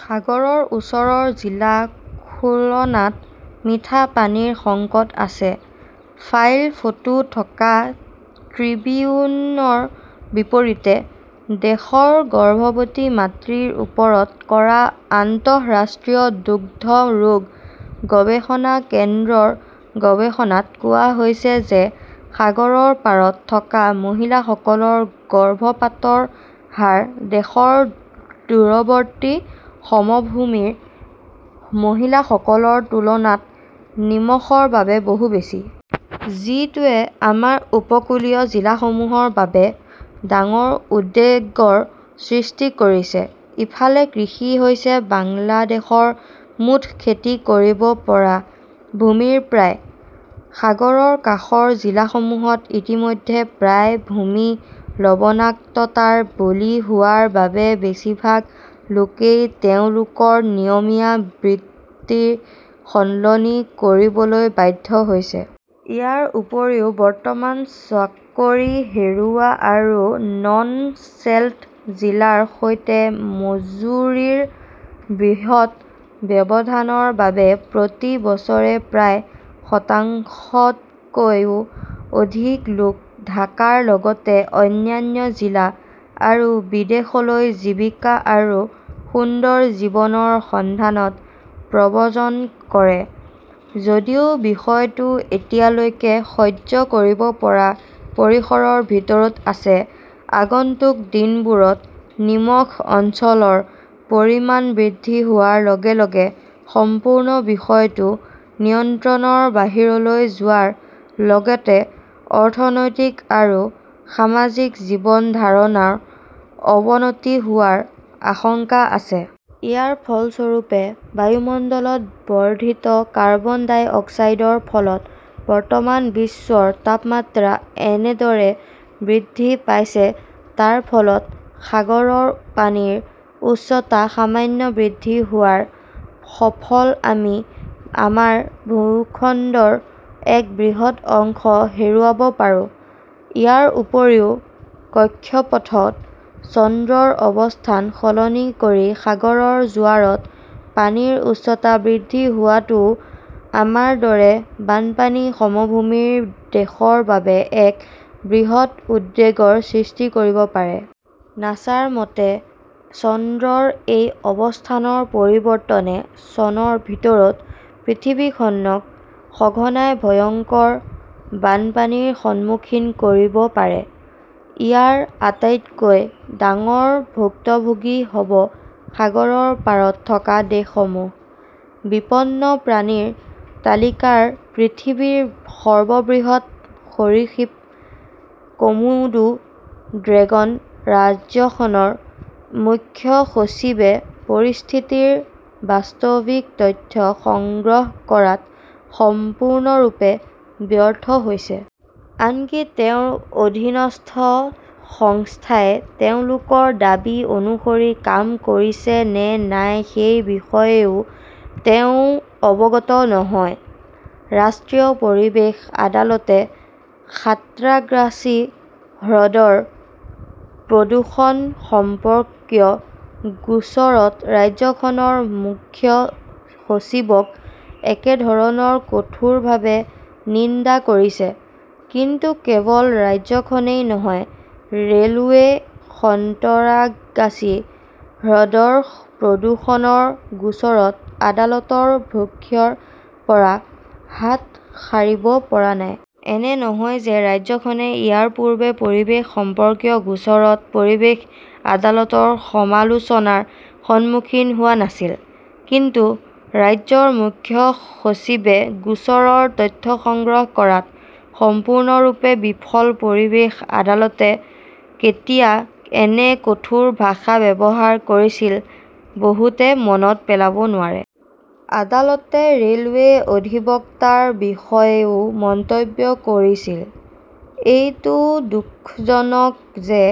সাগৰৰ ওচৰৰ জিলা খুলনাত মিঠা পানীৰ সংকট আছে। ফাইল ফটো থকা ট্ৰিবিউনৰ বিপৰীতে, দেশৰ গৰ্ভৱতী মাতৃৰ ওপৰত কৰা আন্তঃৰাষ্ট্ৰীয় দুগ্ধ ৰোগ গৱেষণা কেন্দ্ৰৰ গৱেষণাত কোৱা হৈছে যে সাগৰৰ পাৰত থকা মহিলাসকলৰ গৰ্ভপাতৰ হাৰ দেশৰ দূৰৱৰ্তী সমভূমিৰ মহিলাসকলৰ তুলনাত নিমখৰ বাবে বহু বেছি। যিটোৱে আমাৰ উপকূলীয় জিলাসমূহৰ বাবে ডাঙৰ উদ্বেগৰ সৃষ্টি কৰিছে। ইফালে, কৃষি হৈছে বাংলাদেশৰ মুঠ খেতি কৰিব পৰা ভূমিৰ প্ৰায়। সাগৰৰ কাষৰ জিলাসমূহত ইতিমধ্যে প্ৰায় ভূমি লবণাক্ততাৰ বলি হোৱাৰ বাবে বেছিভাগ লোকেই তেওঁলোকৰ নিয়মীয়া বৃত্তি সলনি কৰিবলৈ বাধ্য হৈছে। ইয়াৰ উপৰিও বৰ্তমান চাকৰি হেৰুওৱা আৰু নন-চেল্ট জিলাৰ সৈতে মজুৰিৰ বৃহৎ ব্যৱধানৰ বাবে প্ৰতি বছৰে প্ৰায় শতাংশতকৈও অধিক লোক ঢাকাৰ লগতে অন্যান্য জিলা আৰু বিদেশলৈ জীৱিকা আৰু সুন্দৰ জীৱনৰ সন্ধানত প্ৰব্ৰজন কৰে। যদিও বিষয়টো এতিয়ালৈকে সহ্য কৰিব পৰা পৰিসৰৰ ভিতৰত আছে, আগন্তুক দিনবোৰত নিমখ অঞ্চলৰ পৰিমাণ বৃদ্ধি হোৱাৰ লগে লগে সম্পূৰ্ণ বিষয়টো নিয়ন্ত্ৰণৰ বাহিৰলৈ যোৱাৰ লগতে অৰ্থনৈতিক আৰু সামাজিক জীৱন ধাৰণৰ অৱনতি হোৱাৰ আশংকা আছে। ইয়াৰ ফলস্বৰূপে, বায়ুমণ্ডলত বৰ্ধিত কাৰ্বন-ডাই-অক্সাইডৰ ফলত বৰ্তমান বিশ্বৰ তাপমাত্ৰা কেনেদৰে বৃদ্ধি পাইছে তাৰ ফলত সাগৰৰ পানীৰ উচ্চতা সামান্য বৃদ্ধি হোৱাৰ ফলত আমি আমাৰ ভূখণ্ডৰ এক বৃহৎ অংশ হেৰুৱাব পাৰো। ইয়াৰ উপৰিও কক্ষপথত চন্দ্ৰৰ অৱস্থান সলনি কৰি সাগৰৰ জোৱাৰত পানীৰ উচ্চতা বৃদ্ধি হোৱাটোও আমাৰ দৰে বানপানীৰ সমভূমিৰ দেশৰ বাবে এক বৃহৎ উদ্বেগৰ সৃষ্টি কৰিব পাৰে। নাছাৰ মতে, চন্দ্ৰৰ এই অৱস্থানৰ পৰিৱৰ্তনে চনৰ ভিতৰত পৃথিৱীখনক সঘনাই ভয়ংকৰ বানপানীৰ সন্মুখীন কৰিব পাৰে। ইয়াৰ আটাইতকৈ ডাঙৰ ভুক্তভোগী হ’ব সাগৰৰ পাৰত থকা দেশসমূহ। বিপন্ন প্ৰাণীৰ তালিকাত পৃথিৱীৰ সৰ্ববৃহৎ সৰীসৃপ কমোডো ড্ৰেগন ৰাজ্যখনৰ মুখ্য সচিবে পৰিস্থিতিৰ বাস্তৱিক তথ্য সংগ্ৰহ কৰাত 'সম্পূৰ্ণৰূপে ব্যৰ্থ "হৈছে। আনকি তেওঁৰ অধীনস্থ সংস্থাই তেওঁলোকৰ দাবী অনুসৰি কাম কৰিছে নে নাই সেই বিষয়েও তেওঁ অৱগত নহয়। ৰাষ্ট্ৰীয় পৰিৱেশ আদালতে সাঁত্ৰাগাছী হ্ৰদৰ প্ৰদূষণ সম্পৰ্কীয় গোচৰত ৰাজ্যখনৰ মুখ্য সচিবক একেধৰণৰ কঠোৰভাৱে নিন্দা কৰিছে। কিন্তু কেৱল ৰাজ্যখনেই নহয়, ৰে’লৱেই সন্তৰাগাছী হ্ৰদৰ প্ৰদূষণৰ গোচৰত আদালতৰ ক্ষোভৰ পৰা হাত সাৰিব পৰা নাই। এনে নহয় যে ৰাজ্যখনে ইয়াৰ পূৰ্বে পৰিৱেশ সম্পৰ্কীয় গোচৰত পৰিৱেশ আদালতৰ সমালোচনাৰ সন্মুখীন হোৱা নাছিল। কিন্তু ৰাজ্যৰ মুখ্য সচিবে গোচৰৰ তথ্য সংগ্ৰহ কৰাত সম্পূৰ্ণৰূপে বিফল পৰিৱেশ আদালতে কেতিয়া এনে কঠোৰ ভাষা ব্যৱহাৰ কৰিছিল বহুতে মনত পেলাব নোৱাৰে। আদালতে ৰে 'লৱেৰ অধিবক্তাৰ বিষয়েও মন্তব্য কৰিছিল, এইটো দুখজনক যে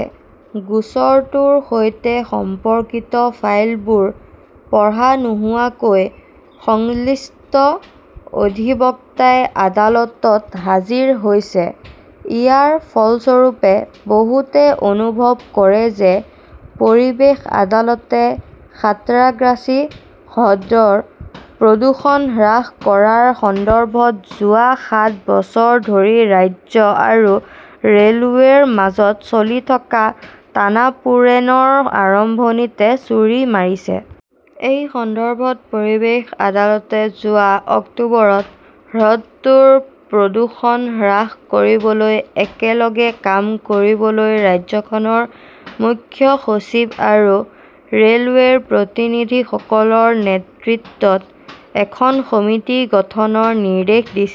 গোচৰটোৰ সৈতে সম্পৰ্কিত ফাইলবোৰ পঢ়া নোহোৱাকৈ সংশ্লিষ্ট অধিবক্তাই আদালতত হাজিৰ হৈছে! ইয়াৰ ফলস্বৰূপে, বহুতে অনুভৱ কৰে যে পৰিৱেশ আদালতে সাঁত্ৰাগাছী হ্ৰদৰ প্ৰদূষণ হ্ৰাস কৰাৰ সন্দৰ্ভত যোৱা সাত বছৰ ধৰি ৰাজ্য আৰু ৰে’লৱেৰ মাজত চলি থকা টানাপোড়েন ৰ আৰম্ভণিতে ছুৰী মাৰিছে। এই সন্দৰ্ভত পৰিৱেশ আদালতে যোৱা অক্টোবৰত হ্ৰদটোৰ প্ৰদূষণ হ্ৰাস কৰিবলৈ একেলগে কাম কৰিবলৈ ৰাজ্যখনৰ মুখ্য সচিব আৰু ৰে "লৱেৰ প্ৰতিনিধিসকলৰ নেতৃত্বত এখন সমিতি গঠনৰ নিৰ্দেশ দিছিল।